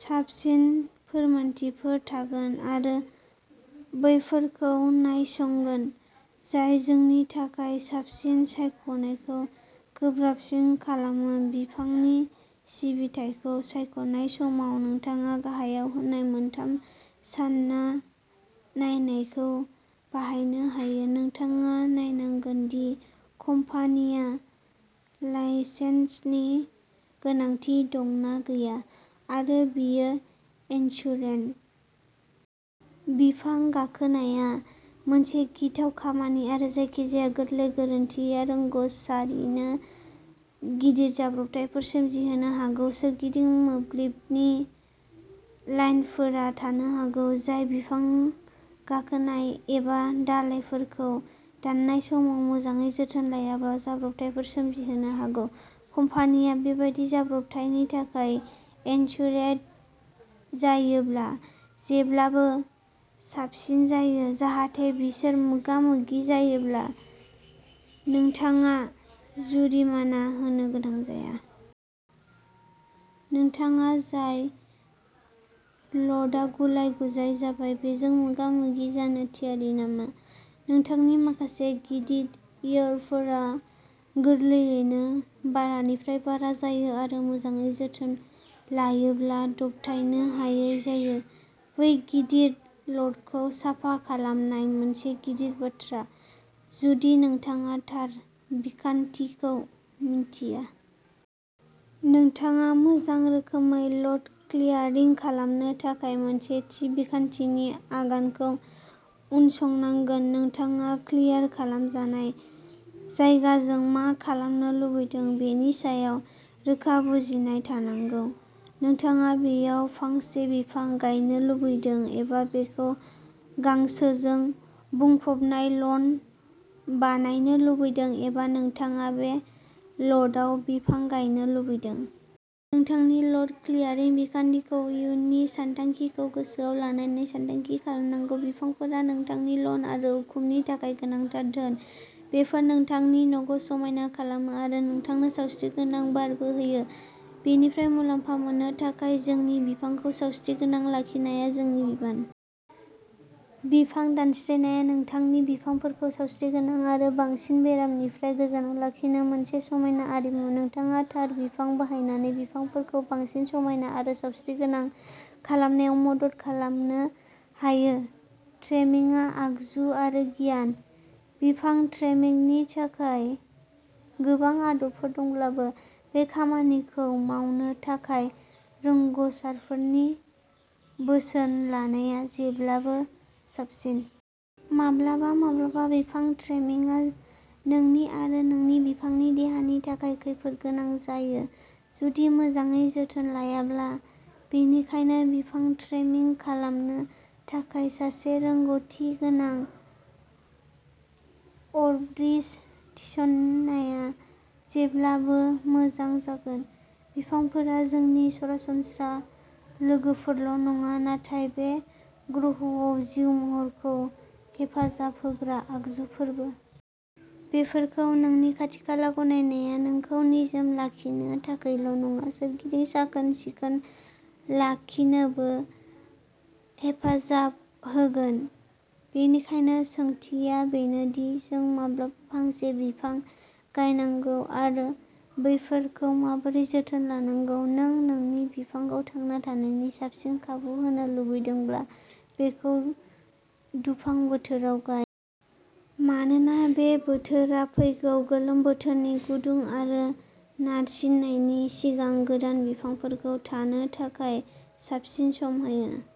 साबसिन फोरमानथिफोर थागोन आरो बेफोरखौ नायसंगोन, जाय जोंनि थाखाय साबसिनखौ सायख'नायखौ गोब्राबसिन खालामो। बिफांनि सिबिथाइखौ सायख'नाय समाव नोंथाङा गाहायाव होनाय मोनथाम सान्ना नायनायखौ बाहायनो हायो। नोंथाङा नायनांगोन दि कम्पानिया लाइसेन्सनि गोनांथि दं ना गैया आरो बियो इन्सुरेद। बिफां गाखोनाया मोनसे गिथाव खामानि आरो जायखिजाया गोरलै गोरोन्थिआ रोंग'सारिनो गिदिर जाब्रबथायफोर सोमजिहोनो हागौ। सोरगिदिं मोब्लिबनि लाइनफोर थानो हागौ, जाय बिफां गाखोनाय एबा दालाइफोरखौ दाननाय समाव मोजाङै जोथोन लायाब्ला जाब्रबथायफोर सोमजिहोनो हागौ। कम्पानिया बेबादि जाब्रबथायनि थाखाय इन्सुरेद जायोब्ला जेब्लाबो साबसिन जायो, जाहाथे बिसोर मोगा-मोगि जायोब्ला नोंथाङा जुरिमाना होनो गोनां जाया। नोंथाङा जाय ल'टआ गुलाय-गुजाय जाबाय, बेजों मोगा-मोगि जानो थियारि नामा? नोंथांनि माखासे गिदिर यार्डफोरा गोरलैयैनो बारानिफ्राय बारा जायो आरो मोजाङै जोथोन लायोब्ला दबथायनो हायै जायो। बै गिदिर ल'टखौ साफा खालामनाय। मोनसे गिदिर बाथ्रा, जुदि नोंथाङा थार बिखान्थिखौ मिथिया। नोंथाङा मोजां रोखोमै ल'ट क्लियारिं खालामनो थाखाय मोनसे थि बिखान्थिनि आगानखौ उनसंनांगोन। नोंथाङा क्लियार खालामजानाय जायगाजों मा खालामनो लुबैदों बेनि सायाव रोखा बुजिनाय थानांगौ। नोंथाङा बेयाव फांसे बिफां गायनो लुबैदों एबा बेखौ गांसोजों बुंफबनाय लन बानायनो लुबैदों एबा नोंथाङा बे ल'टआव बिफां गायनो लुबैदों। नोंथांनि ल'ट क्लियारिं बिखान्थिखौ इयुननि सानथांखिखौ गोसोआव लानानै सानथांखि खालामनांगौ। बिफांफोरा नोंथांनि लन आरो उखुमनि थाखाय गोनांथार धोन। बेफोर नोंथांनि न'खौ समायना खालामो आरो नोंथांनो सावस्रिगोनां बारबो होयो। बेनिफ्राय मुलाम्फा मोननो थाखाय जोंनि बिफांखौ सावस्रिगोनां लाखिनाया जोंनि बिबान। बिफां दानस्रिनाया नोंथांनि बिफांफोरखौ सावस्रिगोनां आरो बिफांनि बेरामफोरनिफ्राय गोजानाव लाखिनो मोनसे समायना आरिमु। नोंथाङा थार बिफां बाहायनानै बिफांफोरखौ बांसिन समायना आरो सावस्रिगोनां खालामनायाव मदद खालामनो हायो। ट्रिमिंग आगजु आरो गियान। बिफां ट्रिमिंगनि थाखाय गोबां आदबफोर दंब्लाबो, बे खामानिखौ मावनो थाखाय रोंग'सारफोरनि बोसोन लानाया जेब्लाबो साबसिन। माब्लाबा-माब्लाबा, बिफां ट्रिमिंगआ नोंनि आरो नोंनि बिफांनि देहानि थाखाय खैफोद गोनां जायो जुदि मोजाङै जोथोन लायाब्ला, बेनिखायनो बिफां ट्रिमिंग खालामनो थाखाय सासे रोंग'थि गोनां आरबरिस्ट थिसननाया जेब्लाबो मोजां जागोन। बिफांफोरा जोंनि सरासनस्रा लोगोफोरल' नङा, नाथाय बे ग्रहआव जिउ महरखौ हेफाजाब होग्रा आगजुफोरबो। बेफोरखौ नोंनि खाथिखाला गायनाया नोंखौ निजोम लाखिनो थाखायल' नङा, सोरगिदिं साखोन-सिखोन लाखिनोबो हेफाजाब होगोन। बेनिखायनो, सोंथिया बेनो दि, जों माब्ला फांसे बिफां गायनांगौ आरो बेफोरखौ माबोरै जोथोन लानांगौ। नों नोंनि बिफांखौ थांना थानायनि साबसिन खाबु होनो लुबैदोंब्ला, बेखौ दुफां बोथोराव गाय। मानोना बे बोथोरा फैगौ गोलोम बोथोरनि गुदुं आरो नारसिननायनि सिगां गोदान बिफांफोरखौ थानो थाखाय साबसिन सम होयो।